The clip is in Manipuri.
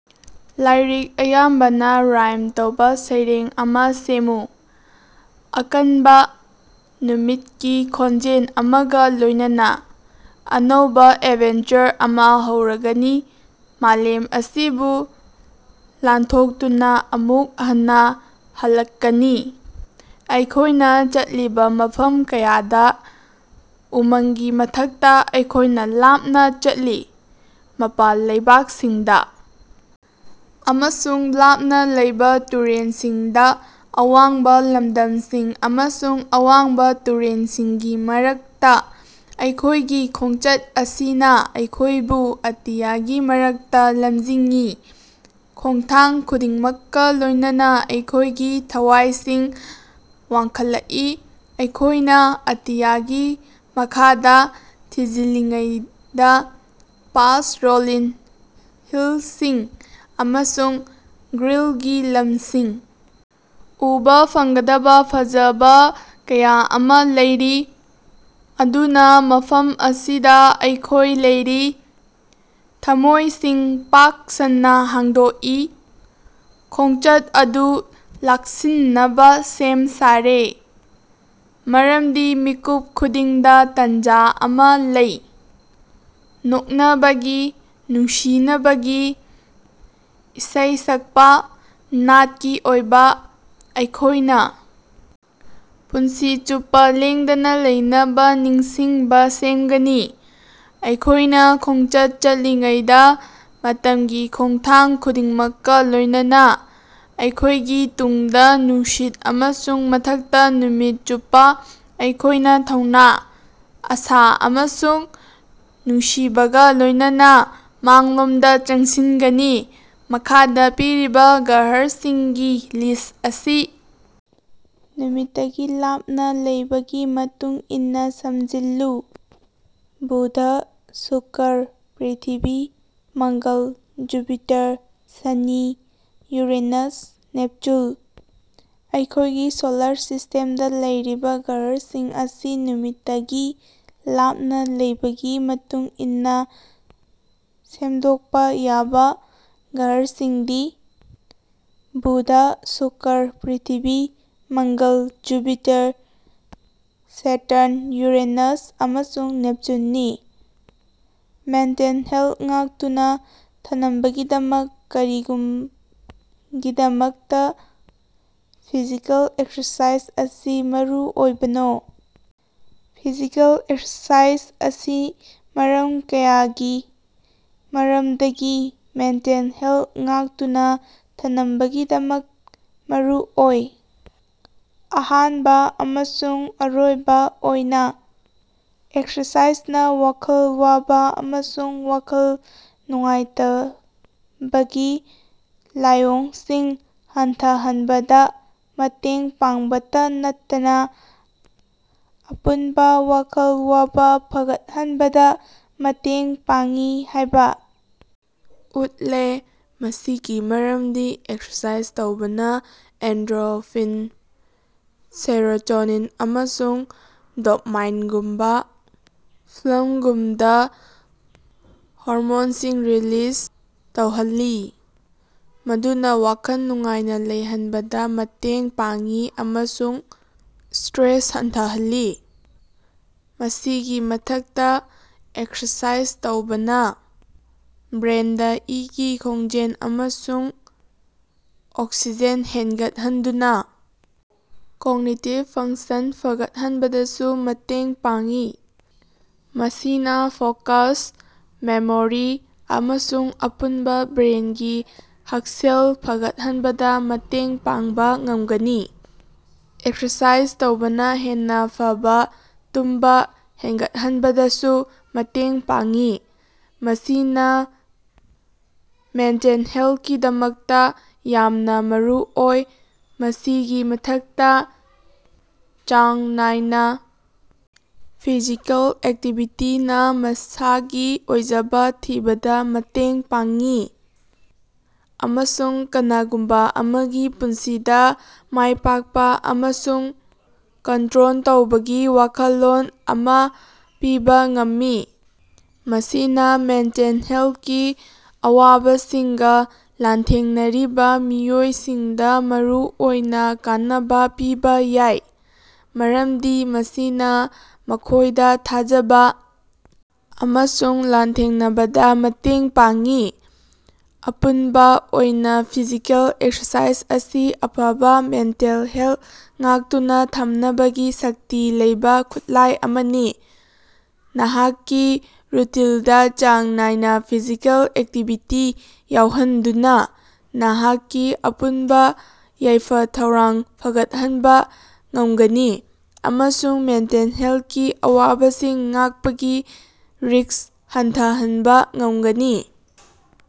ꯂꯥꯏꯔꯤꯛ ꯑꯌꯥꯝꯕꯅ ꯔꯥꯏꯝ ꯇꯧꯕ ꯁꯩꯔꯦꯡ ꯑꯃ ꯁꯦꯝꯃꯨ꯫ ꯑꯀꯟꯕ ꯅꯨꯡꯁꯤꯠꯀꯤ ꯈꯣꯡꯖꯦꯜ ꯑꯃꯒ ꯂꯣꯏꯅꯅ, ꯑꯅꯧꯕ ꯑꯦꯗꯚꯦꯟꯆꯔ ꯑꯃ ꯍꯧꯔꯒꯅꯤ, ꯃꯥꯂꯦꯝ ꯑꯁꯤꯕꯨ ꯂꯥꯟꯊꯣꯛꯇꯨꯅ ꯑꯃꯨꯛ ꯍꯟꯅ ꯍꯜꯂꯛꯀꯅꯤ, ꯑꯩꯈꯣꯏꯅ ꯆꯠꯈꯤꯕ ꯃꯐꯝ ꯀꯌꯥꯗ꯫ ꯎꯃꯪꯒꯤ ꯃꯊꯛꯇ ꯑꯩꯈꯣꯏꯅ ꯂꯥꯞꯅ ꯆꯠꯂꯤ, ꯃꯄꯥꯟ ꯂꯩꯕꯥꯛꯁꯤꯡꯗ ꯑꯃꯁꯨꯡ ꯂꯥꯞꯅ ꯂꯩꯕ ꯇꯨꯔꯦꯜꯁꯤꯡꯗ, ꯑꯋꯥꯡꯕ ꯂꯝꯗꯝꯁꯤꯡ ꯑꯃꯁꯨꯡ ꯑꯋꯥꯡꯕ ꯇꯨꯔꯦꯜꯁꯤꯡꯒꯤ ꯃꯔꯛꯇ, ꯑꯩꯈꯣꯏꯒꯤ ꯈꯣꯉꯆꯠ ꯑꯁꯤꯅ ꯑꯩꯈꯣꯏꯕꯨ ꯑꯇꯤꯌꯥꯒꯤ ꯃꯔꯛꯇ ꯂꯝꯖꯤꯡꯏ꯫ ꯈꯣꯉꯊꯥꯡ ꯈꯨꯗꯤꯡꯃꯛꯀ ꯂꯣꯏꯅꯅ ꯑꯩꯈꯣꯏꯒꯤ ꯊꯋꯥꯏꯁꯤꯡ ꯋꯥꯡꯈꯠꯂꯛꯏ, ꯑꯩꯈꯣꯏꯅ ꯑꯇꯤꯌꯥꯒꯤ ꯃꯈꯥꯗ ꯊꯤꯖꯤꯜꯂꯤꯉꯩꯗ, ꯄꯥꯁꯠ ꯔꯣꯂꯤꯡ ꯍꯤꯜꯁꯤꯡ ꯑꯃꯁꯨꯡ ꯒ꯭ꯔꯤꯟꯒꯤ ꯂꯝꯁꯤꯡ, ꯎꯕ ꯐꯪꯒꯗꯕ ꯐꯖꯕ ꯀꯌꯥ ꯑꯃ ꯂꯩꯔꯤ꯫ ꯑꯗꯨꯅ ꯃꯐꯝ ꯑꯁꯤꯗ ꯑꯩꯈꯣꯏ ꯂꯩꯔꯤ, ꯊꯝꯃꯣꯏꯁꯤꯡ ꯄꯥꯛ ꯁꯟꯅ ꯍꯥꯡꯗꯣꯛꯏ, ꯈꯣꯡꯆꯠ ꯑꯗꯨ ꯂꯥꯛꯁꯤꯟꯅꯕ ꯁꯦꯝ ꯁꯥꯔꯦ, ꯃꯔꯝꯗꯤ ꯃꯤꯀꯨꯞ ꯈꯨꯗꯤꯡꯗ ꯇꯥꯟꯖ ꯑꯃ ꯂꯩ, ꯅꯣꯛꯅꯕꯒꯤ, ꯅꯨꯡꯁꯤꯅꯕꯒꯤ, ꯏꯁꯩ ꯁꯛꯄ, ꯅꯥꯠꯀꯤ ꯑꯣꯏꯕ꯫ ꯑꯩꯈꯣꯏꯅ ꯄꯨꯟꯁꯤ ꯆꯨꯞꯄ ꯂꯦꯡꯗꯅ ꯂꯩꯅꯕ ꯅꯤꯡꯁꯤꯡꯕ ꯁꯦꯝꯒꯅꯤ, ꯑꯩꯈꯣꯏꯅ ꯈꯣꯡꯆꯠ ꯆꯠꯂꯤꯉꯩꯗ, ꯃꯇꯝꯒꯤ ꯈꯣꯡꯊꯥꯡ ꯈꯨꯗꯤꯡꯃꯛꯀ ꯂꯣꯏꯅꯅ, ꯑꯩꯈꯣꯏꯒꯤ ꯇꯨꯡꯗ ꯅꯨꯡꯁꯤꯠ ꯑꯃꯁꯨꯡ ꯃꯊꯛꯇ ꯅꯨꯃꯤꯠ ꯆꯨꯞꯄ, ꯑꯩꯈꯣꯏꯅ ꯊꯧꯅ, ꯑꯥꯁꯥ ꯑꯃꯁꯨꯡ ꯅꯨꯡꯁꯤꯕꯒ ꯂꯣꯌꯅꯅ ꯃꯥꯡꯂꯣꯝꯗ ꯆꯪꯁꯤꯟꯒꯅꯤ꯫ ꯃꯈꯥꯗ ꯄꯤꯔꯤꯕ ꯒ꯭ꯔꯍꯁꯤꯡꯒꯤ ꯂꯤꯁ꯭ꯠ ꯑꯁꯤ ꯅꯨꯃꯤꯠꯇꯒꯤ ꯂꯥꯞꯅ ꯂꯩꯕꯒꯤ ꯃꯇꯨꯡ ꯏꯟꯅ ꯁꯦꯝꯖꯤꯜꯂꯨ꯫ Budh, Shukra, Prithvi, Mangal, Jupiter, Shani, Uranus, Neptune. ꯑꯩꯈꯣꯏꯒꯤ ꯁꯣꯂꯥꯔ ꯁꯤꯁ꯭ꯇꯦꯝꯗ ꯂꯩꯔꯤꯕ ꯒ꯭ꯔꯍꯁꯤꯡ ꯑꯁꯤ ꯅꯨꯃꯤꯠꯇꯒꯤ ꯂꯥꯞꯅ ꯂꯩꯕꯒꯤ ꯃꯇꯨꯡ ꯏꯟꯅ ꯁꯦꯃꯗꯣꯀꯄ ꯌꯥꯕ ꯒ꯭ꯔꯍꯁꯤꯡꯗꯤ: Buddha, Shukra, Prithvi, Mangal, Jupiter, Saturn, Uranus ꯑꯃꯁꯨꯡ ꯅꯦꯞꯆꯨꯟꯅꯤ꯫ ꯃꯦꯟꯇꯦꯜ ꯍꯦꯜꯊ ꯉꯥꯛꯇꯨꯅ ꯊꯝꯅꯕꯒꯤꯗꯃꯛ ꯀꯔꯤꯒꯤꯗꯃꯛꯇ ꯐꯤꯖꯤꯀꯦꯜ ꯑꯦꯛꯁꯔꯁꯥꯏꯖ ꯑꯁꯤ ꯃꯔꯨꯑꯣꯏꯕꯅꯣ? ꯐꯤꯖꯤꯀꯦꯜ ꯑꯦꯛꯁꯔꯁꯥꯏꯖ ꯑꯁꯤ ꯃꯔꯝ ꯀꯌꯥꯒꯤ ꯃꯔꯝꯗꯒꯤ ꯃꯦꯟꯇꯦꯜ ꯍꯦꯜꯊ ꯉꯥꯛꯇꯨꯅ ꯊꯝꯅꯕꯒꯤꯗꯃꯛ ꯃꯔꯨꯑꯣꯏ꯫ ꯑꯍꯥꯟꯕ ꯑꯃꯁꯨꯡ ꯑꯔꯣꯏꯕ ꯑꯣꯏꯅ, ꯑꯦꯛꯁꯔꯁꯥꯏꯖꯅ ꯋꯥꯈꯜ ꯋꯥꯕ ꯑꯃꯁꯨꯡ ꯋꯥꯈꯜ ꯅꯨꯡꯉꯥꯏꯇꯕꯒꯤ ꯂꯥꯏꯑꯣꯡꯁꯤꯡ ꯍꯟꯊꯍꯟꯕꯗ ꯃꯇꯦꯡ ꯄꯥꯡꯕꯇ ꯅꯠꯇꯅ ꯑꯄꯨꯟꯕ ꯋꯥꯈꯜ ꯋꯥꯕ ꯐꯒꯠꯍꯟꯕꯗ ꯃꯇꯦꯡ ꯄꯥꯡꯏ ꯍꯥꯏꯕ ꯎꯠꯂꯦ꯫ ꯃꯁꯤꯒꯤ ꯃꯔꯝꯗꯤ ꯑꯦꯛꯁꯔꯁꯥꯏꯖ ꯇꯧꯕꯅ ꯑꯦꯟꯗꯣꯔꯐꯤꯟ, ꯁꯦꯔꯣꯇꯣꯅꯤꯟ, ꯑꯃꯁꯨꯡ ꯗꯣꯄꯃꯥꯏꯟꯒꯨꯝꯕ ꯐꯤꯜ ꯒꯨꯗ ꯍꯣꯔꯃꯣꯟꯁꯤꯡ ꯔꯤꯂꯤꯖ ꯇꯧꯍꯜꯂꯤ, ꯃꯗꯨꯅ ꯋꯥꯈꯜ ꯅꯨꯡꯉꯥꯏꯅ ꯂꯩꯍꯟꯕꯗ ꯃꯇꯦꯡ ꯄꯥꯡꯏ ꯑꯃꯁꯨꯡ ꯁ꯭ꯇꯔꯦꯁ ꯍꯟꯊꯍꯜꯂꯤ꯫ ꯃꯁꯤꯒꯤ ꯃꯊꯛꯇ, ꯑꯦꯛꯁꯔꯁꯥꯏꯖ ꯇꯧꯕꯅ ꯕ꯭ꯔꯦꯟꯗ ꯏ-ꯒꯤ ꯈꯣꯡꯖꯦꯜ ꯑꯃꯁꯨꯡ ꯑꯣꯛꯁꯤꯖꯦꯟ ꯍꯦꯟꯒꯠꯍꯟꯗꯨꯅ ꯀꯣꯛꯅꯤꯇꯤꯚ ꯐꯪꯁꯟ ꯐꯒꯠꯍꯟꯕꯗꯁꯨ ꯃꯇꯦꯡ ꯄꯥꯡꯏ꯫ ꯃꯁꯤꯅ ꯐꯣꯀꯁ, ꯃꯦꯃꯣꯔꯤ ꯑꯃꯁꯨꯡ ꯑꯄꯨꯟꯕ ꯕ꯭ꯔꯦꯟꯒꯤ ꯍꯛꯁꯦꯜ ꯐꯒꯠꯍꯟꯕꯗ ꯃꯇꯦꯡ ꯄꯥꯡꯕ ꯉꯝꯒꯅꯤ꯫ ꯑꯦꯛꯁꯔꯁꯥꯏꯖ ꯇꯧꯕꯅ ꯍꯦꯟꯅ ꯐꯕ ꯇꯨꯝꯕ ꯍꯦꯟꯒꯠꯍꯟꯕꯗꯁꯨ ꯃꯇꯦꯡ ꯄꯥꯡꯏ, ꯃꯁꯤꯅ ꯃꯦꯟꯇꯦꯜ ꯍꯦꯜꯊꯀꯤꯗꯃꯛꯇ ꯌꯥꯝꯅ ꯃꯔꯨꯑꯣꯏ꯫ ꯃꯁꯤꯒꯤ ꯃꯊꯛꯇ, ꯆꯥꯡ ꯅꯥꯏꯅ ꯐꯤꯖꯤꯀꯦꯜ ꯑꯦꯛꯇꯤꯚꯤꯇꯤꯅ ꯃꯁꯒꯤ ꯑꯣꯏꯖꯕ ꯊꯤꯕꯗ ꯃꯇꯦꯡ ꯄꯥꯡꯏ, ꯑꯃꯁꯨꯡ ꯀꯅꯥꯒꯨꯝꯕ ꯑꯃꯒꯤ ꯄꯨꯟꯁꯤꯗ ꯃꯥꯏꯄꯥꯛꯄ ꯑꯃꯁꯨꯡ ꯀꯟꯇ꯭ꯔꯣꯜ ꯇꯧꯕꯒꯤ ꯋꯥꯈꯜꯂꯣꯟ ꯑꯃ ꯄꯤꯕ ꯉꯝꯃꯤ꯫ ꯃꯁꯤꯅ ꯃꯦꯟꯇꯦꯜ ꯍꯦꯜꯊꯀꯤ ꯑꯋꯥꯕꯁꯤꯡꯒ ꯂꯥꯟꯊꯦꯡꯅꯔꯤꯕ ꯃꯤꯑꯣꯏꯁꯤꯡꯗ ꯃꯔꯨꯑꯣꯏꯅ ꯀꯥꯟꯅꯕ ꯄꯤꯕ ꯌꯥꯏ, ꯃꯔꯝꯗꯤ ꯃꯁꯤꯅ ꯃꯈꯣꯏꯗ ꯊꯥꯖꯕ ꯑꯃꯁꯨꯡ ꯂꯥꯟꯊꯦꯡꯅꯕꯗ ꯃꯇꯦꯡ ꯄꯥꯡꯏ꯫ ꯑꯄꯨꯟꯕ ꯑꯣꯏꯅ ꯐꯤꯖꯤꯀꯦꯜ ꯑꯦꯛꯁꯔꯁꯥꯏꯖ ꯑꯁꯤ ꯑꯐꯕ ꯃꯦꯟꯇꯦꯜ ꯍꯦꯜꯊ ꯉꯥꯛꯇꯨꯅ ꯊꯝꯅꯕꯒꯤ ꯁꯛꯇꯤ ꯂꯩꯕ ꯈꯨꯠꯂꯥꯏ ꯑꯃꯅꯤ꯫ ꯅꯍꯥꯛꯀꯤ ꯔꯨꯇꯤꯟꯗ ꯆꯥꯡ ꯅꯥꯏꯅ ꯐꯤꯖꯤꯀꯦꯜ ꯑꯦꯛꯇꯤꯚꯤꯇꯤ ꯌꯥꯎꯍꯟꯗꯨꯅ, ꯅꯍꯥꯛꯀꯤ ꯑꯄꯨꯟꯕ ꯌꯥꯏꯐ-ꯊꯧꯔꯥꯡ ꯐꯒꯠꯍꯟꯕ ꯉꯝꯒꯅꯤ ꯑꯃꯁꯨꯡ ꯃꯦꯟꯇꯦꯜ ꯍꯦꯜꯊꯀꯤ ꯑꯋꯥꯕꯁꯤꯡ ꯂꯥꯛꯄꯒꯤ ꯔꯤꯁ꯭ꯛ ꯍꯟꯊꯍꯟꯕ ꯉꯝꯒꯅꯤ꯫